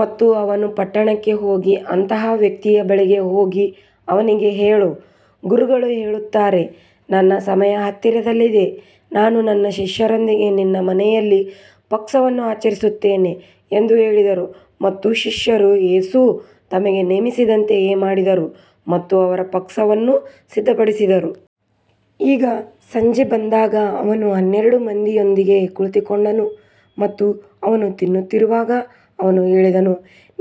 ಮತ್ತು ಅವನು ಪಟ್ಟಣಕ್ಕೆ ಹೋಗಿ ಅಂತಹ ವ್ಯಕ್ತಿಯ ಬಳಿಗೆ ಹೋಗಿ ಅವನಿಗೆ ಹೇಳು, ಗುರುಗಳು ಹೇಳುತ್ತಾರೆ, ನನ್ನ ಸಮಯ ಹತ್ತಿರದಲ್ಲಿದೆ, ನಾನು ನನ್ನ ಶಿಷ್ಯರೊಂದಿಗೆ ನಿನ್ನ ಮನೆಯಲ್ಲಿ ಪಸ್ಕವನ್ನು ಆಚರಿಸುತ್ತೇನೆ ಎಂದು ಹೇಳಿದರು. ಮತ್ತು ಶಿಷ್ಯರು ಯೇಸು ತಮಗೆ ನೇಮಿಸಿದಂತೆಯೇ ಮಾಡಿದರು ಮತ್ತು ಅವರು ಪಸ್ಕವನ್ನು ಸಿದ್ಧಪಡಿಸಿದರು. ಈಗ ಸಂಜೆ ಬಂದಾಗ ಅವನು ಹನ್ನೆರಡು ಮಂದಿಯೊಂದಿಗೆ ಕುಳಿತುಕೊಂಡನು. ಮತ್ತು ಅವರು ತಿನ್ನುತ್ತಿರುವಾಗ ಅವನು ಹೇಳಿದನು,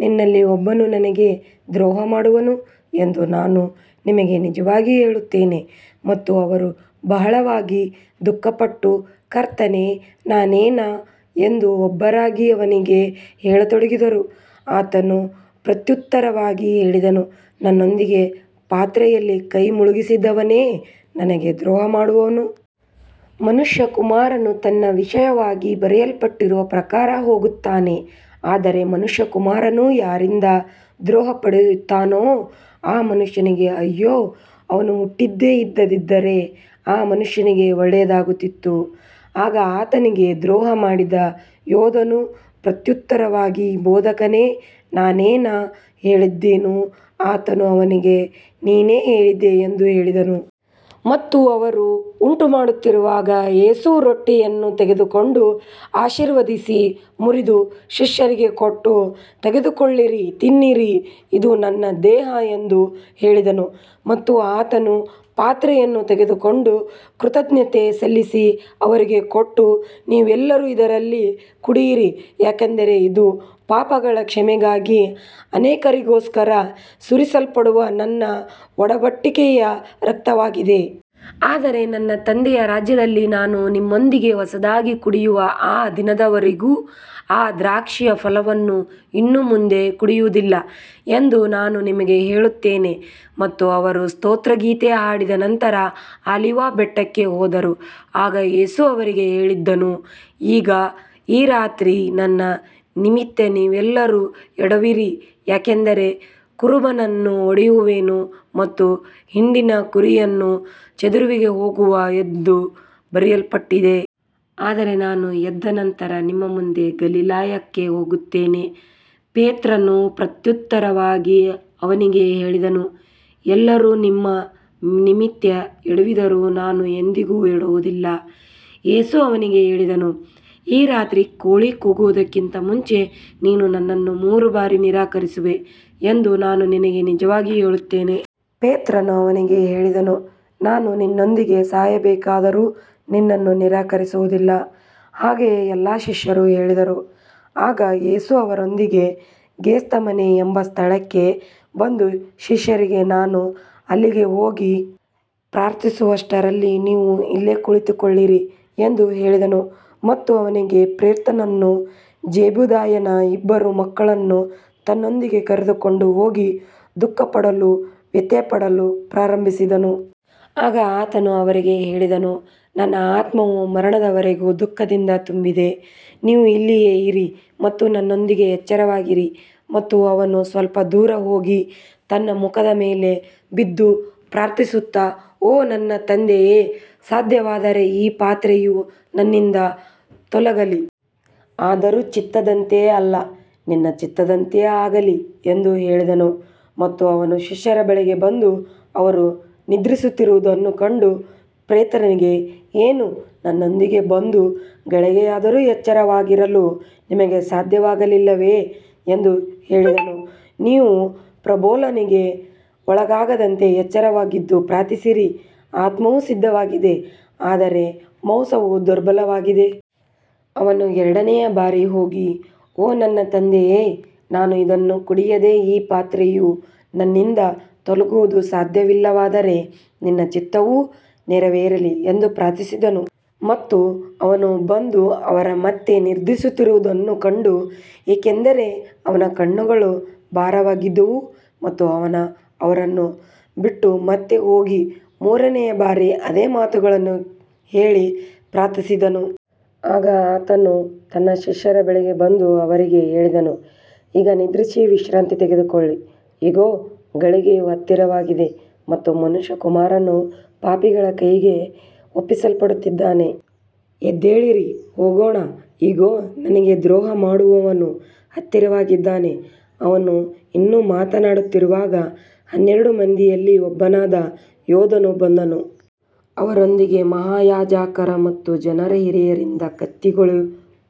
ನಿಮ್ಮಲ್ಲಿ ಒಬ್ಬನು ನನಗೆ ದ್ರೋಹ ಮಾಡುವನು ಎಂದು ನಾನು ನಿಮಗೆ ನಿಜವಾಗಿ ಹೇಳುತ್ತೇನೆ. ಮತ್ತು ಅವರು ಬಹಳವಾಗಿ ದುಃಖಪಟ್ಟು, ಕರ್ತನೇ, ನಾನೇನಾ ಎಂದು ಒಬ್ಬೊಬ್ಬರಾಗಿ ಅವನಿಗೆ ಹೇಳತೊಡಗಿದರು. ಆತನು ಪ್ರತ್ಯುತ್ತರವಾಗಿ ಹೇಳಿದನು, ನನ್ನೊಂದಿಗೆ ಪಾತ್ರೆಯಲ್ಲಿ ಕೈ ಮುಳುಗಿಸಿದವನೇ ನನಗೆ ದ್ರೋಹ ಮಾಡುವನು. ಮನುಷ್ಯಕುಮಾರನು ತನ್ನ ವಿಷಯವಾಗಿ ಬರೆಯಲ್ಪಟ್ಟಿರುವ ಪ್ರಕಾರ ಹೋಗುತ್ತಾನೆ, ಆದರೆ ಮನುಷ್ಯಕುಮಾರನು ಯಾರಿಂದ ದ್ರೋಹಿಸಲ್ಪಡುತ್ತಾನೋ ಆ ಮನುಷ್ಯನಿಗೆ ಅಯ್ಯೋ, ಅವನು ಹುಟ್ಟದೇ ಇದ್ದಿದ್ದರೆ ಆ ಮನುಷ್ಯನಿಗೆ ಒಳ್ಳೆಯದಾಗುತ್ತಿತ್ತು. ಆಗ ಆತನಿಗೆ ದ್ರೋಹ ಮಾಡಿದ ಯೂದನು ಪ್ರತ್ಯುತ್ತರವಾಗಿ, ಬೋಧಕನೇ, ನಾನೇನಾ ಎಂದು ಹೇಳಿದನು. ಆತನು ಅವನಿಗೆ, ನೀನೇ ಹೇಳಿದ್ದೀ ಎಂದು ಹೇಳಿದನು. ಮತ್ತು ಅವರು ಊಟಮಾಡುತ್ತಿರುವಾಗ ಯೇಸು ರೊಟ್ಟಿಯನ್ನು ತೆಗೆದುಕೊಂಡು ಆಶೀರ್ವದಿಸಿ ಮುರಿದು ಶಿಷ್ಯರಿಗೆ ಕೊಟ್ಟು, ತೆಗೆದುಕೊಳ್ಳಿರಿ, ತಿನ್ನಿರಿ, ಇದು ನನ್ನ ದೇಹ ಎಂದು ಹೇಳಿದನು. ಮತ್ತು ಆತನು ಪಾತ್ರೆಯನ್ನು ತೆಗೆದುಕೊಂಡು ಕೃತಜ್ಞತೆ ಸಲ್ಲಿಸಿ ಅವರಿಗೆ ಕೊಟ್ಟು, ನೀವೆಲ್ಲರೂ ಇದರಲ್ಲಿ ಕುಡಿಯಿರಿ. ಯಾಕಂದರೆ ಇದು ಪಾಪಗಳ ಕ್ಷಮೆಗಾಗಿ ಅನೇಕರಿಗೋಸ್ಕರ ಸುರಿಸಲ್ಪಡುವ ನನ್ನ ಒಡಂಬಡಿಕೆಯ ರಕ್ತವಾಗಿದೆ. ಆದರೆ ನನ್ನ ತಂದೆಯ ರಾಜ್ಯದಲ್ಲಿ ನಾನು ನಿಮ್ಮೊಂದಿಗೆ ಹೊಸದಾಗಿ ಕುಡಿಯುವ ಆ ದಿನದವರೆಗೂ ಈ ದ್ರಾಕ್ಷಿಯ ಫಲವನ್ನು ಇನ್ನು ಮುಂದೆ ಕುಡಿಯುವುದಿಲ್ಲ ಎಂದು ನಾನು ನಿಮಗೆ ಹೇಳುತ್ತೇನೆ. ಮತ್ತು ಅವರು ಸ್ತೋತ್ರಗೀತೆ ಹಾಡಿದ ನಂತರ ಆಲಿವ್ ಬೆಟ್ಟಕ್ಕೆ ಹೋದರು. ಆಗ ಯೇಸು ಅವರಿಗೆ ಹೇಳಿದನು, ಈ ರಾತ್ರಿ ನನ್ನ ನಿಮಿತ್ತ ನೀವೆಲ್ಲರೂ ಎಡವುವಿರಿ, ಯಾಕಂದರೆ ಕುರುಬನನ್ನು ಹೊಡೆಯುವೆನು ಮತ್ತು ಹಿಂಡಿನ ಕುರಿಗಳು ಚದುರಿಹೋಗುವವು ಎಂದು ಬರೆಯಲ್ಪಟ್ಟಿದೆ. ಆದರೆ ನಾನು ಎದ್ದ ನಂತರ ನಿಮ್ಮ ಮುಂದೆ ಗಲಿಲಾಯಕ್ಕೆ ಹೋಗುತ್ತೇನೆ. ಪೇತ್ರನು ಪ್ರತ್ಯುತ್ತರವಾಗಿ ಅವನಿಗೆ ಹೇಳಿದನು, ಎಲ್ಲರೂ ನಿನ್ನ ನಿಮಿತ್ತ ಎಡವಿದರೂ ನಾನು ಎಂದಿಗೂ ಎಡವುವುದಿಲ್ಲ. ಯೇಸು ಅವನಿಗೆ ಹೇಳಿದನು, ಈ ರಾತ್ರಿ ಕೋಳಿ ಕೂಗುವುದಕ್ಕಿಂತ ಮುಂಚೆ ನೀನು ನನ್ನನ್ನು ಮೂರು ಬಾರಿ ನಿರಾಕರಿಸುವೆ ಎಂದು ನಾನು ನಿನಗೆ ನಿಜವಾಗಿ ಹೇಳುತ್ತೇನೆ. ಪೇತ್ರನು ಅವನಿಗೆ ಹೇಳಿದನು, ನಾನು ನಿನ್ನೊಂದಿಗೆ ಸಾಯಬೇಕಾದರೂ ನಿನ್ನನ್ನು ನಿರಾಕರಿಸುವುದಿಲ್ಲ. ಹಾಗೆಯೇ ಎಲ್ಲಾ ಶಿಷ್ಯರೂ ಹೇಳಿದರು. ಆಗ ಯೇಸು ಅವರೊಂದಿಗೆ ಗೆತ್ಸೆಮನೆ ಎಂಬ ಸ್ಥಳಕ್ಕೆ ಬಂದು ಶಿಷ್ಯರಿಗೆ, ನಾನು ಅಲ್ಲಿಗೆ ಹೋಗಿ ಪ್ರಾರ್ಥಿಸುವಷ್ಟರಲ್ಲಿ ನೀವು ಇಲ್ಲಿ ಕುಳಿತುಕೊಳ್ಳಿರಿ ಎಂದು ಹೇಳಿದನು. ಮತ್ತು ಅವನು ಪೇತ್ರನನ್ನೂ ಜೆಬೆದಾಯನ ಇಬ್ಬರು ಮಕ್ಕಳನ್ನೂ ತನ್ನೊಂದಿಗೆ ಕರೆದುಕೊಂಡು ಹೋಗಿ ದುಃಖಪಡಲೂ ವ್ಯಥೆಪಡಲೂ ಪ್ರಾರಂಭಿಸಿದನು. ಆಗ ಆತನು ಅವರಿಗೆ ಹೇಳಿದನು, ನನ್ನ ಆತ್ಮವು ಮರಣದವರೆಗೂ ದುಃಖದಿಂದ ತುಂಬಿದೆ, ನೀವು ಇಲ್ಲಿಯೇ ಇರಿ ಮತ್ತು ನನ್ನೊಂದಿಗೆ ಎಚ್ಚರವಾಗಿರಿ. ಮತ್ತು ಅವನು ಸ್ವಲ್ಪ ದೂರ ಹೋಗಿ ತನ್ನ ಮುಖದ ಮೇಲೆ ಬಿದ್ದು ಪ್ರಾರ್ಥಿಸುತ್ತಾ, ಓ ನನ್ನ ತಂದೆಯೇ, ಸಾಧ್ಯವಾದರೆ ಈ ಪಾತ್ರೆಯು ನನ್ನಿಂದ ತೊಲಗಲಿ. ಆದರೂ ನನ್ನ ಚಿತ್ತದಂತೆ ಅಲ್ಲ, ನಿನ್ನ ಚಿತ್ತದಂತೆ ಆಗಲಿ ಎಂದು ಹೇಳಿದನು. ಮತ್ತು ಅವನು ಶಿಷ್ಯರ ಬಳಿಗೆ ಬಂದು ಅವರು ನಿದ್ರಿಸುತ್ತಿರುವುದನ್ನು ಕಂಡು ಪೇತ್ರನಿಗೆ, ಏನು, ನನ್ನೊಂದಿಗೆ ಒಂದು ಗಳಿಗೆಯಾದರೂ ಎಚ್ಚರವಾಗಿರಲು ನಿಮಗೆ ಸಾಧ್ಯವಾಗಲಿಲ್ಲವೇ ಎಂದು ಹೇಳಿದನು. ನೀವು ಪ್ರಲೋಭನೆಗೆ ಒಳಗಾಗದಂತೆ ಎಚ್ಚರವಾಗಿದ್ದು ಪ್ರಾರ್ಥಿಸಿರಿ. ಆತ್ಮವು ಸಿದ್ಧವಾಗಿದೆ, ಆದರೆ ಮಾಂಸವು ದುರ್ಬಲವಾಗಿದೆ. ಅವನು ಎರಡನೆಯ ಬಾರಿ ಹೋಗಿ, ಓ ನನ್ನ ತಂದೆಯೇ, ನಾನು ಇದನ್ನು ಕುಡಿಯದೆ ಈ ಪಾತ್ರೆಯು ನನ್ನಿಂದ ತೊಲಗುವುದು ಸಾಧ್ಯವಿಲ್ಲವಾದರೆ ನಿನ್ನ ಚಿತ್ತವು ನೆರವೇರಲಿ ಎಂದು ಪ್ರಾರ್ಥಿಸಿದನು. ಮತ್ತು ಅವನು ಬಂದು ಅವರು ಮತ್ತೆ ನಿದ್ರಿಸುತ್ತಿರುವುದನ್ನು ಕಂಡನು, ಏಕೆಂದರೆ ಅವರ ಕಣ್ಣುಗಳು ಭಾರವಾಗಿದ್ದವು. ಮತ್ತು ಅವನು ಅವರನ್ನು ಬಿಟ್ಟು ಮತ್ತೆ ಹೋಗಿ ಮೂರನೆಯ ಬಾರಿ ಅದೇ ಮಾತುಗಳನ್ನು ಹೇಳಿ ಪ್ರಾರ್ಥಿಸಿದನು. ಆಗ ಆತನು ತನ್ನ ಶಿಷ್ಯರ ಬಳಿಗೆ ಬಂದು ಅವರಿಗೆ ಹೇಳಿದನು, ಈಗ ನಿದ್ರಿಸಿ ವಿಶ್ರಾಂತಿ ತೆಗೆದುಕೊಳ್ಳಿರಿ. ಇಗೋ, ಗಳಿಗೆಯು ಹತ್ತಿರವಾಗಿದೆ ಮತ್ತು ಮನುಷ್ಯಕುಮಾರನು ಪಾಪಿಗಳ ಕೈಗೆ ಒಪ್ಪಿಸಲ್ಪಡುತ್ತಿದ್ದಾನೆ. ಎದ್ದೇಳಿರಿ, ಹೋಗೋಣ. ಇಗೋ, ನನಗೆ ದ್ರೋಹ ಮಾಡುವವನು ಹತ್ತಿರವಾಗಿದ್ದಾನೆ. ಅವನು ಇನ್ನೂ ಮಾತನಾಡುತ್ತಿರುವಾಗ ಹನ್ನೆರಡು ಮಂದಿಯಲ್ಲಿ ಒಬ್ಬನಾದ ಯೂದನು ಬಂದನು. ಅವನೊಂದಿಗೆ ಮಹಾಯಾಜಕರ ಮತ್ತು ಜನರ ಹಿರಿಯರಿಂದ ಕತ್ತಿಗಳೂ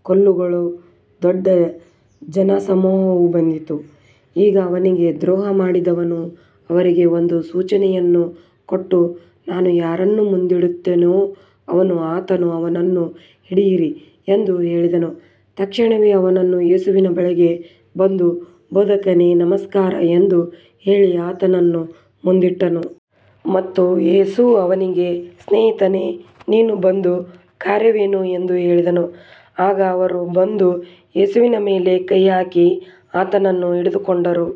ಕೋಲುಗಳೂಳ್ಳ ದೊಡ್ಡ ಜನಸಮೂಹವು ಬಂದಿತು. ಈಗ ಅವನಿಗೆ ದ್ರೋಹ ಮಾಡಿದವನು ಅವರಿಗೆ ಒಂದು ಸೂಚನೆಯನ್ನು ಕೊಟ್ಟು, ನಾನು ಯಾರನ್ನು ಮುದ್ದಿಡುತ್ತೇನೋ ಅವನೇ ಆತನು, ಅವನನ್ನು ಹಿಡಿಯಿರಿ ಎಂದು ಹೇಳಿದ್ದನು. ತಕ್ಷಣವೇ ಅವನು ಯೇಸುವಿನ ಬಳಿಗೆ ಬಂದು, ಬೋಧಕನೇ, ನಮಸ್ಕಾರ ಎಂದು ಹೇಳಿ ಆತನನ್ನು ಮುದ್ದಿಟ್ಟನು. ಮತ್ತು ಯೇಸು ಅವನಿಗೆ, ಸ್ನೇಹಿತನೇ, ನೀನು ಬಂದ ಕಾರ್ಯವೇನು ಎಂದು ಹೇಳಿದನು. ಆಗ ಅವರು ಬಂದು ಯೇಸುವಿನ ಮೇಲೆ ಕೈಹಾಕಿ ಆತನನ್ನು ಹಿಡಿದುಕೊಂಡರು.